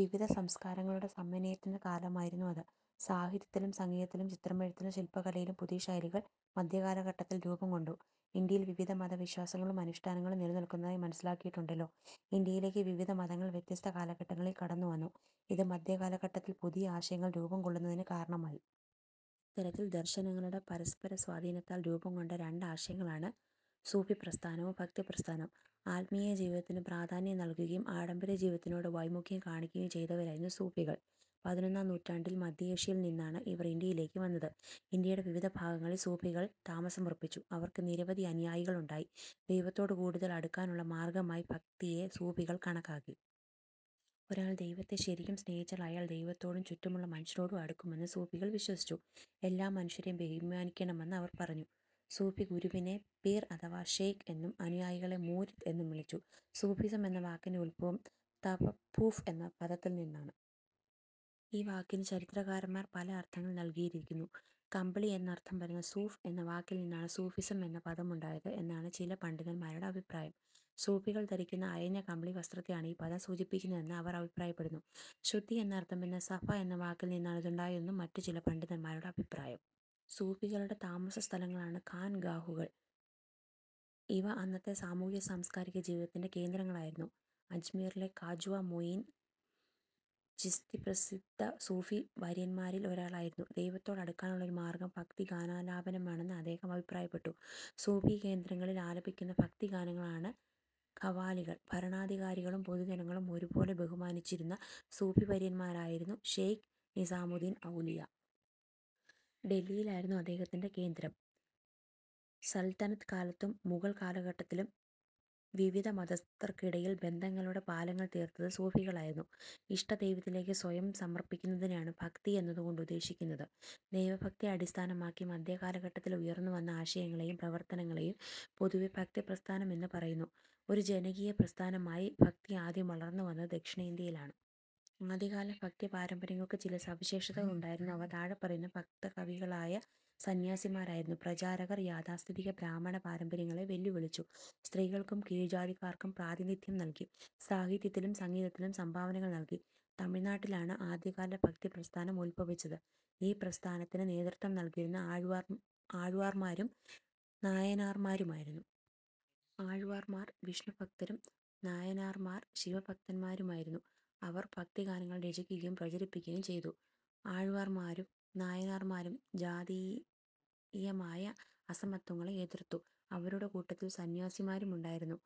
വിവിധ സംസ്കാരങ്ങളുടെ സമന്വയത്തിന്റെ കാലമായിരുന്നു അത്. സാഹിത്യത്തിലും സംഗീതത്തിലും ചിത്രമെഴുത്തിലും ശില്പകലയിലും പുതിയ ശൈലികൾ മധ്യകാലഘട്ടത്തിൽ രൂപം കൊണ്ടു. ഇന്ത്യയിൽ വിവിധ മതവിശ്വാസങ്ങളും അനുഷ്ഠാനങ്ങളും നിലനിൽക്കുന്നതായി മനസ്സിലാക്കിയിട്ടുണ്ടല്ലോ. ഇന്ത്യയിലേക്ക് വിവിധ മതങ്ങൾ വ്യത്യസ്ത കാലഘട്ടങ്ങളിൽ കടന്നുവന്നു. ഇത് മധ്യകാലഘട്ടത്തിൽ പുതിയ ആശയങ്ങൾ രൂപം കൊള്ളുന്നതിനു കാരണമായി. ഇത്തരത്തിൽ ദർശനങ്ങളുടെ പരസ്പരസ്വാധീനത്താൽ രൂപംകൊണ്ട രണ്ട് ആശയങ്ങളാണ് സൂഫിപ്രസ്ഥാനവും ഭക്തിപ്രസ്ഥാനവും. ആത്മീയ ജീവിതത്തിനു പ്രാധാന്യം നൽകുകയും ആഡംബരജീവിതത്തോട് വൈമുഖ്യം കാണിക്കുകയും ചെയ്തവരായിരുന്നു സൂഫികൾ. പതിനൊന്നാം നൂറ്റാണ്ടിൽ മധ്യേഷ്യയിൽ നിന്നാണ് ഇവർ ഇന്ത്യയിലേക്കു വന്നത്. ഇന്ത്യയുടെ വിവിധ ഭാഗങ്ങളിൽ സൂഫികൾ താമസമുറപ്പിച്ചു. അവർക്ക് നിരവധി അനുയായികളുണ്ടായി. ദൈവത്തോടു കൂടുതൽ അടുക്കാനുള്ള മാർഗമായി ഭക്തിയെ സൂഫികൾ കണക്കാക്കി. ഒരാൾ ദൈവത്തെ ശരിക്കും സ്നേഹിച്ചാൽ അയാൾ ദൈവത്തോടും ചുറ്റുമുള്ള മനുഷ്യരോടും അടുക്കുമെന്ന് സൂഫികൾ വിശ്വസിച്ചു. എല്ലാ മനുഷ്യരെയും ബഹുമാനിക്കണമെന്ന് അവർ പറഞ്ഞു. സൂഫിഗുരുവിനെ പീർ അഥവാ ശെയ്ഖ് എന്നും അനുയായികളെ മുരീദ് എന്നും വിളിച്ചു. സൂഫിസം എന്ന വാക്കിന്റെ ഉത്ഭവം തസപ്പൂഫ് എന്ന പദത്തിൽ നിന്നാണ്. ഈ വാക്കിന് ചരിത്രകാരന്മാർ പല അർഥങ്ങൾ നൽകിയിരിക്കുന്നു. കമ്പിളി എന്ന അർഥം വരുന്ന സൂഫ് എന്ന വാക്കിൽ നിന്നാണ് സൂഫിസം എന്ന പദമുണ്ടായത് എന്നാണ് ചില പണ്ഡിതന്മാരുടെ അഭിപ്രായം. സൂഫികൾ ധരിക്കുന്ന അയഞ്ഞ കമ്പിളിവസ്ത്രത്തെയാണ് ഈ പദം സൂചിപ്പിക്കുന്നതെന്ന് അവർ അഭിപ്രായപ്പെടുന്നു. ശുദ്ധി എന്നർഥം വരുന്ന സഫ എന്ന വാക്കിൽനിന്നാണ് ഇതുണ്ടായതെന്നാണ് മറ്റു ചില പണ്ഡിതന്മാരുടെ അഭിപ്രായം. സൂഫികളുടെ താമസസ്ഥലങ്ങളാണ് ഖാൻ ഗാഹുകൾ. ഇവ അന്നത്തെ സാമൂഹിക സാംസ്കാരിക ജീവിതത്തിന്റെ കേന്ദ്രങ്ങളായിരുന്നു. അജ്മീറിലെ ഖ്വാജാ മൊയീൻ ചിശ്തി പ്രസിദ്ധ സൂഫി വര്യന്മാരിൽ ഒരാളായിരുന്നു. ദൈവത്തോട് അടുക്കാനുള്ള ഒരു മാർഗം ഭക്തി ഗാനാലാപനമാണെന്ന് അദ്ദേഹം അഭിപ്രായപ്പെട്ടു. സൂഫീ കേന്ദ്രങ്ങളിൽ ആലപിക്കുന്ന ഭക്തിഗാനങ്ങളാണ് ഖവാലികൾ. ഭരണാധികാരികളും പൊതുജനങ്ങളും ഒരു പോലെ ബഹുമാനിച്ചിരുന്ന സൂഫീവര്യനായിരുന്നു ശെയ്ഖ് നിസാമുദ്ദീൻ ഔലിയ. ഡൽഹിയിലായിരുന്നു അദ്ദേഹത്തിന്റെ കേന്ദ്രം. സൽത്തനത്ത് കാലത്തും മുഗൾ കാലഘട്ടത്തിലും വിവിധ മതസ്ഥർക്കിടയിൽ ബന്ധങ്ങളുടെ പാലങ്ങൾ തീർത്തത് സൂഫികളായിരുന്നു. ഇഷ്ടദൈവത്തിലേക്ക് സ്വയം സമർപ്പിക്കുന്നതിനെയാണ് ഭക്തി എന്നതു കൊണ്ട് ഉദേശിക്കുന്നത്. ദൈവഭക്തിയെ അടിസ്ഥാനമാക്കി മധ്യകാലഘട്ടത്തിൽ ഉയർന്നുവന്ന ആശയങ്ങളെയും പ്രവർത്തനങ്ങളെയും പൊതുവെ ഭക്തി പ്രസ്ഥാനം എന്നു പറയുന്നു. ഒരു ജനകീയപ്രസ്ഥാനമായി ഭക്തി ആദ്യം വളർന്നു വന്നത് ദക്ഷിണേന്ത്യയിലാണ്. ആദ്യകാല ഭക്തിപാരമ്പര്യങ്ങൾക്ക് ചില സവിശേഷതകൾ ഉണ്ടായിരുന്നു. അവ താഴെ പറയുന്നവയാണ്. ഭക്തകവികളായ സന്ന്യാസിമാരായിരുന്നു പ്രചാരകർ. യാഥാസ്ഥിതിക ബ്രാഹ്മണ പാരമ്പര്യങ്ങളെ വെല്ലുവിളിച്ചു. സ്ത്രീകൾക്കും കീഴ്ജാതിക്കാർക്കും പ്രാതിനിധ്യം നൽകി. സാഹിത്യത്തിലും സംഗീതത്തിലും സംഭാവനകൾ നൽകി. തമിഴ്നാട്ടിലാണ് ആദ്യകാല ഭക്തിപ്രസ്ഥാനം ഉദ്ഭവിച്ചത്. ഈ പ്രസ്ഥാനത്തിനു നേതൃത്വം നൽകിയത് ആഴ്വാർമാരും നായനാർമാരുമായിരുന്നു. ആഴ്വാർമാർ വിഷ്ണുഭക്തരും നായനാർമാർ ശിവഭക്തരുമായിരുന്നു. അവർ ഭക്തിഗാനങ്ങൾ രചിക്കുകയും പ്രചരിപ്പിക്കുകയും ചെയ്തു. ആഴ്വാർമാരും നായനാർമാരും ജാതീയമായ അസമത്വങ്ങളെ എതിർത്തു. അവരുടെ കൂട്ടത്തിൽ സന്ന്യാസിനിമാരുമുണ്ടായിരുന്നു.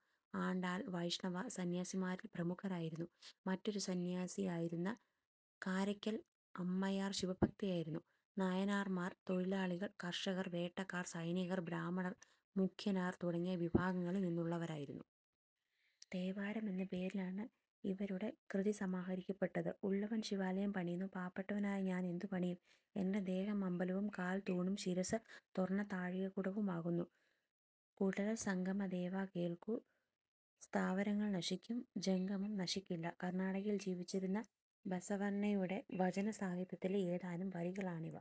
ആണ്ടാൾ വൈഷ്ണവ, സന്ന്യാസിനിമാരിൽ പ്രമുഖയായിരുന്നു. മറ്റൊരു സന്ന്യാസിനിയായിരുന്ന കാരയ്ക്കൽ അമ്മയാർ ശിവഭക്തയായിരുന്നു. നായനാർമാർ തൊഴിലാളികൾ, കർഷകർ, വേട്ടക്കാർ, സൈനികർ, ബ്രാഹ്മണർ, മുഖ്യനാർ തുടങ്ങിയ വിഭാഗങ്ങളിൽ നിന്നുള്ളവരായിരുന്നു. തേവാരം എന്ന പേരിലാണ് ഇവരുടെ കൃതിസമാഹരിക്കപ്പെട്ടത്. ഉള്ളവൻ ശിവാലയം പണിയുന്നു. പാവപ്പെട്ടവനായ ഞാൻ എന്തു പണിയും? എന്റെ ദേഹം അമ്പലവും കാൽ തൂണും ശിരസ്സ് സ്വർണത്താഴികക്കുടവും ആകുന്നു. കുടലസംഗമദേവാ കേൾക്കു സ്ഥാവരങ്ങൾ നശിക്കും, ജംഗമം നശിക്കില്ല. കർണാടകയിൽ ജീവിച്ചിരുന്ന ബസവണ്ണയുടെ വചന സാഹിത്യ ത്തിലെ ഏതാനും വരികളാണിവ.